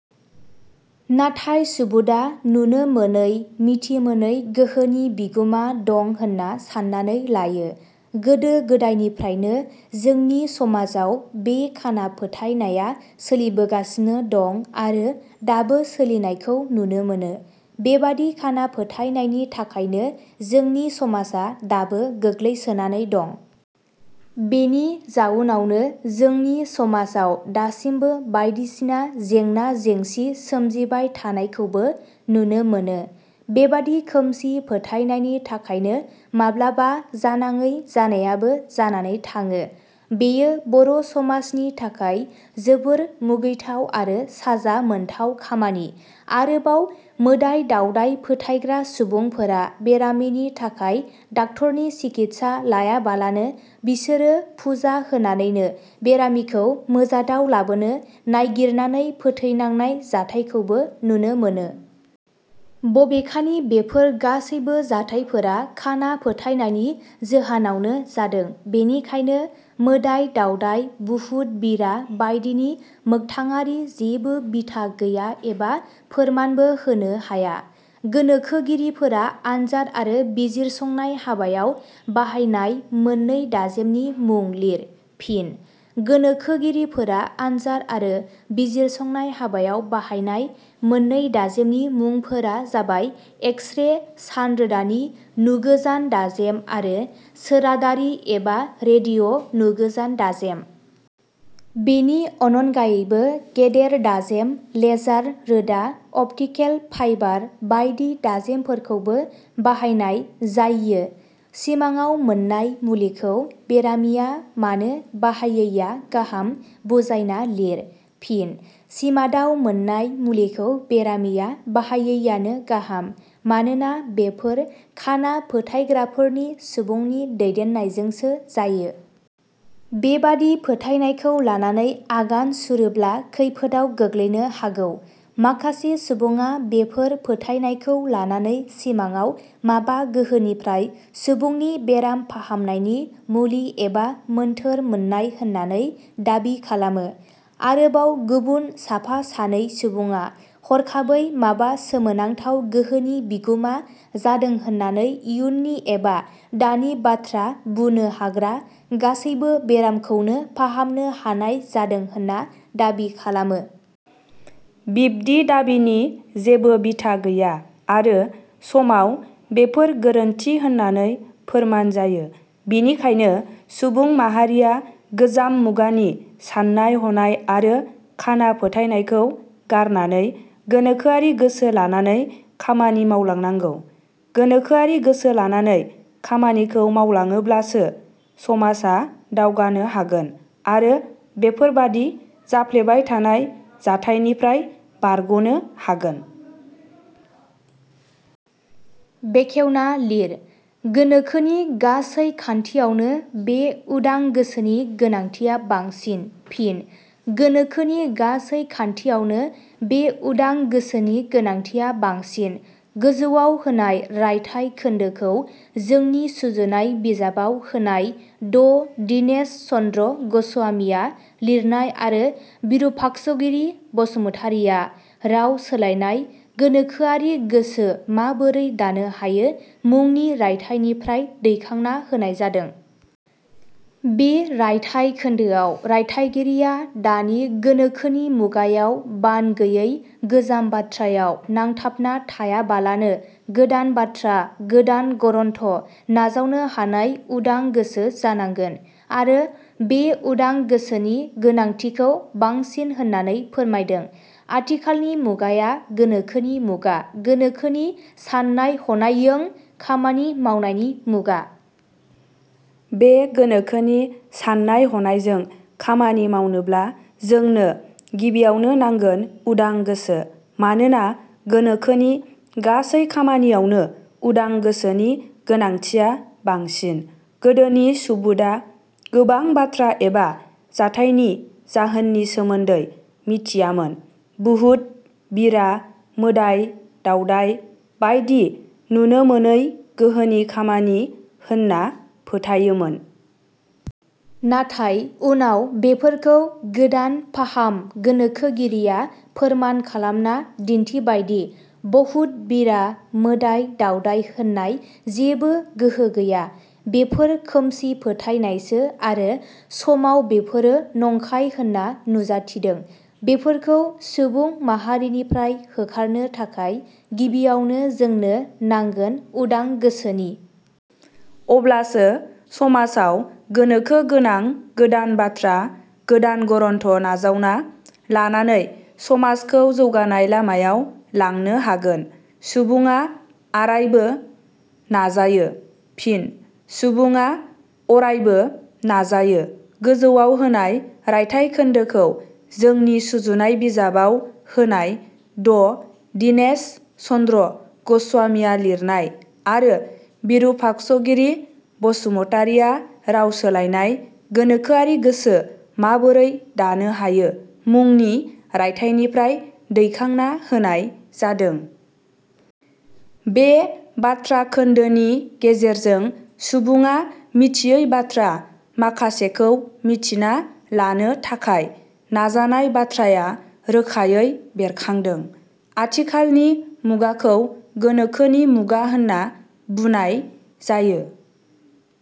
नाथाय सुबुडा नुनो मोनै, मिथिमोनै गोहोनि बिगुमा दं होनना साननानै लायो। गोदो गोदायनिफ्रायनो जोंनि समाजाव बे खाना फोथायनाया सोलिबोगासिनो दं आरो दाबो सोलिनायखौ नुनो मोनो। बेबादि खाना फोथायनायनि थाखायनो जोंनि समाजा दाबो गोग्लैसोनानै दं। बेनि जाउनावनो जोंनि समाजाव दासिमबो बायदिसिना जेंना जेंंसि सोमजिबाय थानायखौबो नुनो मोनो। बेबादि खोमसि फोथायनायनायनि थाखायनो माब्लाबा जानाङै जानायाबो जानानै थाङो। बेयो बर' समाजनि थाखाय जोबोर मुगैथाव आरो साजा मोनथाव खामानि। आरोबाव मोदाइ दावदाइ फोथायग्रा सुबुंफोरा बेरामिनि थाखाय डाक्टरनि सिकित्सा लायाबालानो बिसोरो फुजा होनानैनो बेरामिखौ मोजाडाव लाबोनो नायगिरनानै फोथैनांनाय जाथाइखौबो नुनो मोनो। बबेखानि बेफोर गासैबो जाथाइफोरा खाना फोथायनायनि जोहानावनो जादों। बेनिखायनो मोदाइ-दावदाय, बुहुत-बिरा बायदिनि मोखथाङारि जेबो बिथा गैया एबा फोरमानबो होनो हाया।. गोनोखोगिरिफोरा आनजाद आरो बिजिरसंनाय हाबायाव बाहायनाय मोननै दाजेमनि मुं लिर। फिन: गोनोखोगिरिफोरा आनजाद आरो बिजिरसंनाय हाबायाव बाहायनाय मोननै दाजेमनि मुंफोरा जाबाय- एक्सरे सानरोदानि नुगोजान दाजेम आरो सोराडारि एबा रेडिअ' नुगोजान दाजेम। बेनि अननगायैबो गेदेर दाजेम, लेजार रोदा, अप्टिकेल फाइबार बायदि दाजेमफोरखौबो बाहायनाय जाययो।. 'सिमाङाव मोननाय मुलिखौ' बेरामिया मानो बाहायैया गाहाम बुजायना लिर। फिन: सिमाडाव मोननाय मुलिखौ बेरामिया बाहायैयानो गाहाम। मानोना बेफोर खाना फोथायग्राफोरनि सुबुंनि दैदेननायजोंसो जायो। बेबादि फोथायनायखौ लानानै आगान सुरोब्ला खैफोदाव गोग्लैनो हागौ। माखासे सुबुङा बेफोर फोथायनायखौ लानानै सिमाङाव माबा गोहोनिफ्राय सुबुंनि बेराम फाहामनायनि मुलि एबा मोनथोर मोननाय होननानै दाबि खालामो। आरोबाव गुबुन साफा सानै सुबुङा हरखाबै माबा सोमोनांथाव गोहोनि बिगुमा जादों होननानै इयुननि एबा दानि बाथ्रा बुनो हाग्रा, गासैबो बेरामखौनो फाहामनो हानाय जादों होनना दाबि खालामो। बिब्दि दाबिनि जेबो बिथा गैया आरो समाव बेफोर गोरोन्थि होननानै फोरमान जायो। बिनिखायनो सुबुं माहारिया गोजाम मुगानि साननाय हनाय आरो खाना फोथायनायखौ गारनानै गोनोखोआरि गोसो लानानै खामानि मावलांनांगौ। गोनोखोआरि गोसो लानानै खामानिखौ मावलाङोब्लासो समाजा दावगानो हागोन आरो बेफोरबादि जाफ्लेबाय थानाय जाथायनिफ्राय बारग'नो हागोन।. बेखेवना लिर: गोनोखोनि गासै खान्थियावनो बे उदां गोसोनि गोनांथिया बांसिन। फिन: "गोनोखोनि गासै खान्थियावनो बे उदां गोसोनि गोनांथिया बांसिन। " गोजौवाव होनाय रायथाइ खोनदोखौ जोंनि सुजुनाय बिजाबाव होनाय ड दीनेश चन्द्र ग'स्वामीआ लिरनाय आरो बिरुपाक्षगिरि बसुमतारीआ राव सोलायनाय "गोनोखोआरि गोसो माबोरै दानो हायो" मुंनि रायथाइनिफ्राय दैखांना होनाय जादों। बे रायथाइ खोनदोआव रायथाइगिरिया दानि गोनोखोनि मुगायाव बान गैयै गोजाम बाथ्रायाव नांथाबना थायाबालानो गोदान बाथ्रा, गोदान गरन्थ' नाजावनो हानाय उदां गोसो जानांगोन आरो बे उदां गोसोनि गोनांथिखौ बांसिन होननानै फोरमायदों। आथिखालनि मुगाया गोनोखोनि मुगा, गोनोखोनि साननाय-हनायों खामानि मावनायनि मुगा। बे गोनोखोनि साननाय-हनायजों खामानि मावनोब्ला जोंनो गिबियावनो नांगोन उदां गोसो। मानोना गोनोखोनि गासै खामानियावनो उदां गोसोनि गोनांथिया बांसिन। गोदोनि सुबुडा गोबां बाथ्रा एबा जाथाइनि जाहोननि सोमोन्दै मिथियामोन। बुहुत-बिरा, मोदाइ-दावदाइ बायदि नुनो मोनै गोहोनि खामानि होनना फोथायोमोन। नाथाय उनाव बेफोरखौ गोदान फाहाम गोनोखोगिरिया फोरमान खालामना दिन्थिबायदि बहुत-बिरा, मोदाइ दावदाइ होननाय जेबो गोहो गैया। बेफोर खोमसि फोथायनायसो आरो समाव बेफोरो नंखाय होनना नुजाथिदों। बेफोरखौ सुबुं माहारिनिफ्राय होखारनो थाखाय गिबियावनो जोंनो नांगोन उदां गोसोनि। अब्लासो समाजाव गोनोखो गोनां गोदान बाथ्रा, गोदान गरन्थ' नाजावना लानानै समाजखौ जौगानाय लामायाव लांनो हागोन। सुबुङा आरायबो………….. नाजायो। फिन: "सुबुङा अरायबो…………… नाजायो। " गोजौवाव होनाय रायथाइ खोनदोखौ जोंनि सुजुनाय बिजाबाव होनाय ड दीनेश चन्द्र ग'स्वामीआ लिरनाय आरो बिरुपाक्षगिरि बसुमतारीआ राव सोलायनाय "गोनोखोआरि गोसो माबोरै दानो हायो" मुंनि रायथाइनिफ्राय दैखांना होनाय जादों। बे बाथ्रा खोन्दोनि गेजेरजों सुबुङा मिथियै बाथ्रा माखासेखौ मिथिना लानो थाखाय नाजानाय बाथ्राया रोखायै बेरखांदों। आथिखालनि मुगाखौ गोनोखोनि मुगा होनना बुनाय जायो।